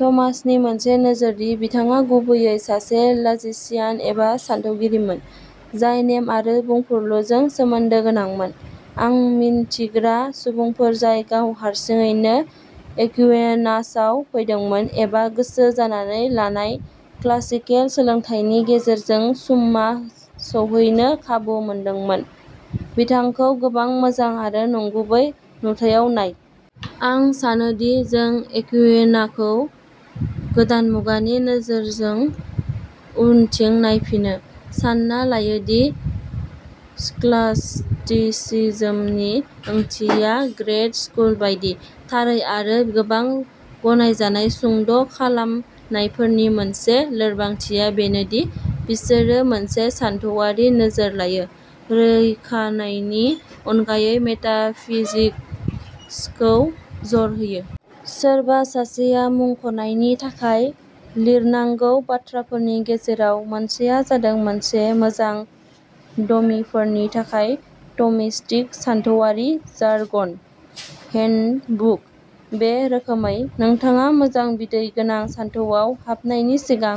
थमासनि मोनसे नोजोर दि बिथाङा गुबैयै सासे लजिशियान एबा सानथौगिरिमोन, जाय नेम आरो बुंफुरलुफोरजों सोमोन्दो गोनांमोन। आं मिन्थिग्रा सुबुंफोर जाय गाव हारसिङैनो एक्विनासाव फैदोंमोन एबा गोसो जानानै लानाय क्लासिकेल सोलोंथायनि गेजेरजों सुम्मा सौहैनो खाबु मोनदोंमोन, बिथांखौ गोबां मोजां आरो नंगुबै नुथायाव नाय। आं सानोदि जों एक्विनाखौ गोदान मुगानि नोजोरजों उनथिं नायफिनो, सानना लायो दि स्कलास्टिसिज्म नि ओंथिया ग्रेड स्कुल बायदि। थारै आरो गोबां गनायजानाय सुंद' खालामनायफोरनि मोनसे लोरबांथिया बेनो दि बिसोरो मोनसे सानथौआरि नोजोर लायो, रैखानायनि अनगायै मेटाफिजिक्सखौ जर होयो। सोरबा सासेया मुंख'नायनि थाखाय लिरनांगौ बाथ्राफोरनि गेजेराव मोनसेआ जादों मोनसे मोजां डमीफोरनि थाखाय थ'मिस्टिक सानथौआरि जार्गन हेन्डबुक। बे रोखोमै, नोंथाङा मोजां बिदै गोनां सानथौआव हाबनायनि सिगां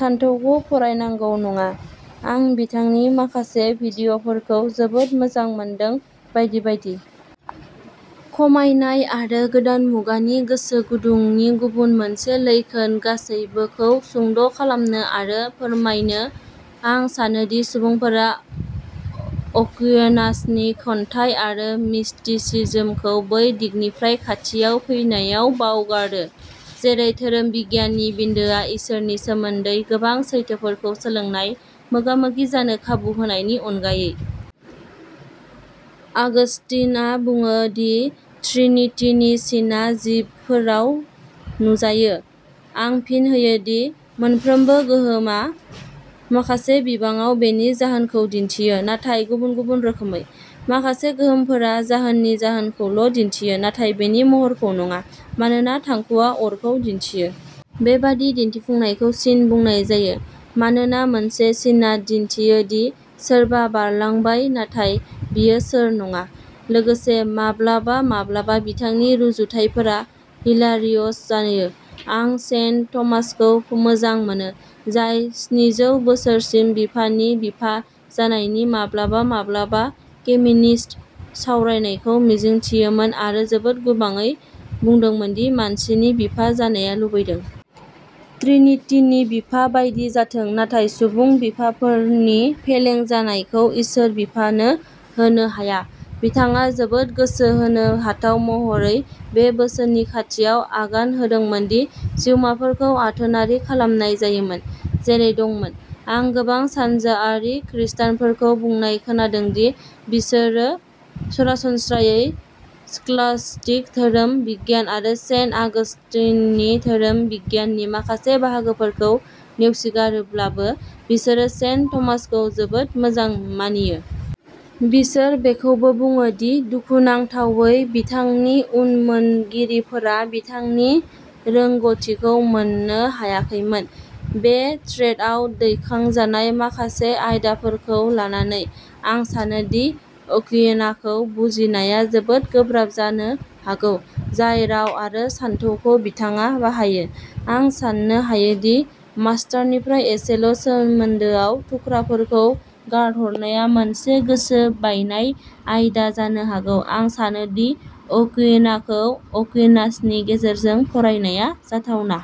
सानथौखौ फरायनांगौ नङा। आं बिथांनि माखासे भिडिय'फोरखौ जोबोद मोजां मोनदों बायदि बायदि। खमायनाय आरो गोदान मुगानि गोसो गुदुंनि गुबुन मोनसे लैखोन गासैबोखौ सुंद' खालामनो आरो फोरमायनो। आं सानो दि सुबुंफोरा अक्विनासनि खन्थाइ आरो मिस्टिसिज्मखौ बै दिगनिफ्राय खाथियाव फैनायाव बावगारो, जेरै धोरोम बिगियाननि बिन्दोआ इसोरनि सोमोन्दै गोबां सैथोफोरखौ सोलोंनाय, मोगा-मोगि जानो खाबु होनायनि अनगायै। आगस्तिनआ बुङो, दि ट्रिनिटीनि सिनआ जिबफोराव नुजायो। आं फिन होयो दि, मोनफ्रोमबो गोहोमआ माखासे बिबाङाव बेनि जाहोनखौ दिन्थियो, नाथाय गुबुन-गुबुन रोखोमै। माखासे गोहोमफोरा जाहोननि जाहोनखौल' दिन्थियो, नाथाय बेनि महरखौ नङा, मानोना थांखुआ अरखौ दिन्थियो। बेबादि दिन्थिफुंनायखौ सिन बुंनाय जायो। मानोना मोनसे सिनआ दिन्थियो दि सोरबा बारलांबाय नाथाय बियो सोर नङा। लोगोसे माब्लाबा-माब्लाबा बिथांनि रुजुथायफोरा हिलारिअस जायो। आं सेन्ट थमासखौ मोजां मोनो, जाय स्निजौ बोसोरसिम बिफानि बिफा जानायनि माब्लाबा-माब्लाबा फेमिनिस्ट सावरायनायखौ मिजिंथियोमोन आरो जोबोद गोबाङै बुंदोंमोन दि मानसिनि बिफा जानाया लुबैदों। ट्रिनिटीनि बिफा बायदि जाथों, नाथाय सुबुं बिफाफोरनि फेलें जानायखौ इसोर बिफानो होनो हाया। बिथाङा जोबोद गोसो बोनो हाथाव महरै बे बोसोननि खाथियाव आगान होदोंमोन दि जिउमाफोरखौ आथोनारि खालामनाय जायोमोन, जेरै दंमोन। आं गोबां सानजाआरि खृष्टानफोरखौ बुंनाय खोनादों दि बिसोरो सरासनस्रायै स्कलास्टिक धोरोम बिगियान आरो सेन्ट अगास्टिननि धोरोम बिगियाननि माखासे बाहागोफोरखौ नेवसिगारोब्लाबो, बिसोरो सेन्ट थमासखौ जोबोद मोजां मानियो। बिसोर बेखौबो बुङो दि, दुखुनांथावै, बिथांनि उनमोनगिरिफोरा बिथांनि रोंग'थिखौ मोननो हायाखैमोन। बे थ्रेडआव दैखांजानाय माखासे आयदाफोरखौ लानानै, आं सानो दि अक्विनाखौ बुजिनाया जोबोद गोब्राब जानो हागौ, जाय राव आरो सानथौखौ बिथाङा बाहायो। आं साननो हायो दि मास्टारनिफ्राय एसेल' सोमोन्दोआव थुख्राफोरखौ गारहरनाया मोनसे गोसो बायनाय आयदा जानो हागौ। आं सानो दि अक्विनाखौ अक्विनासनि गेजेरजों फरायनाया जाथावना।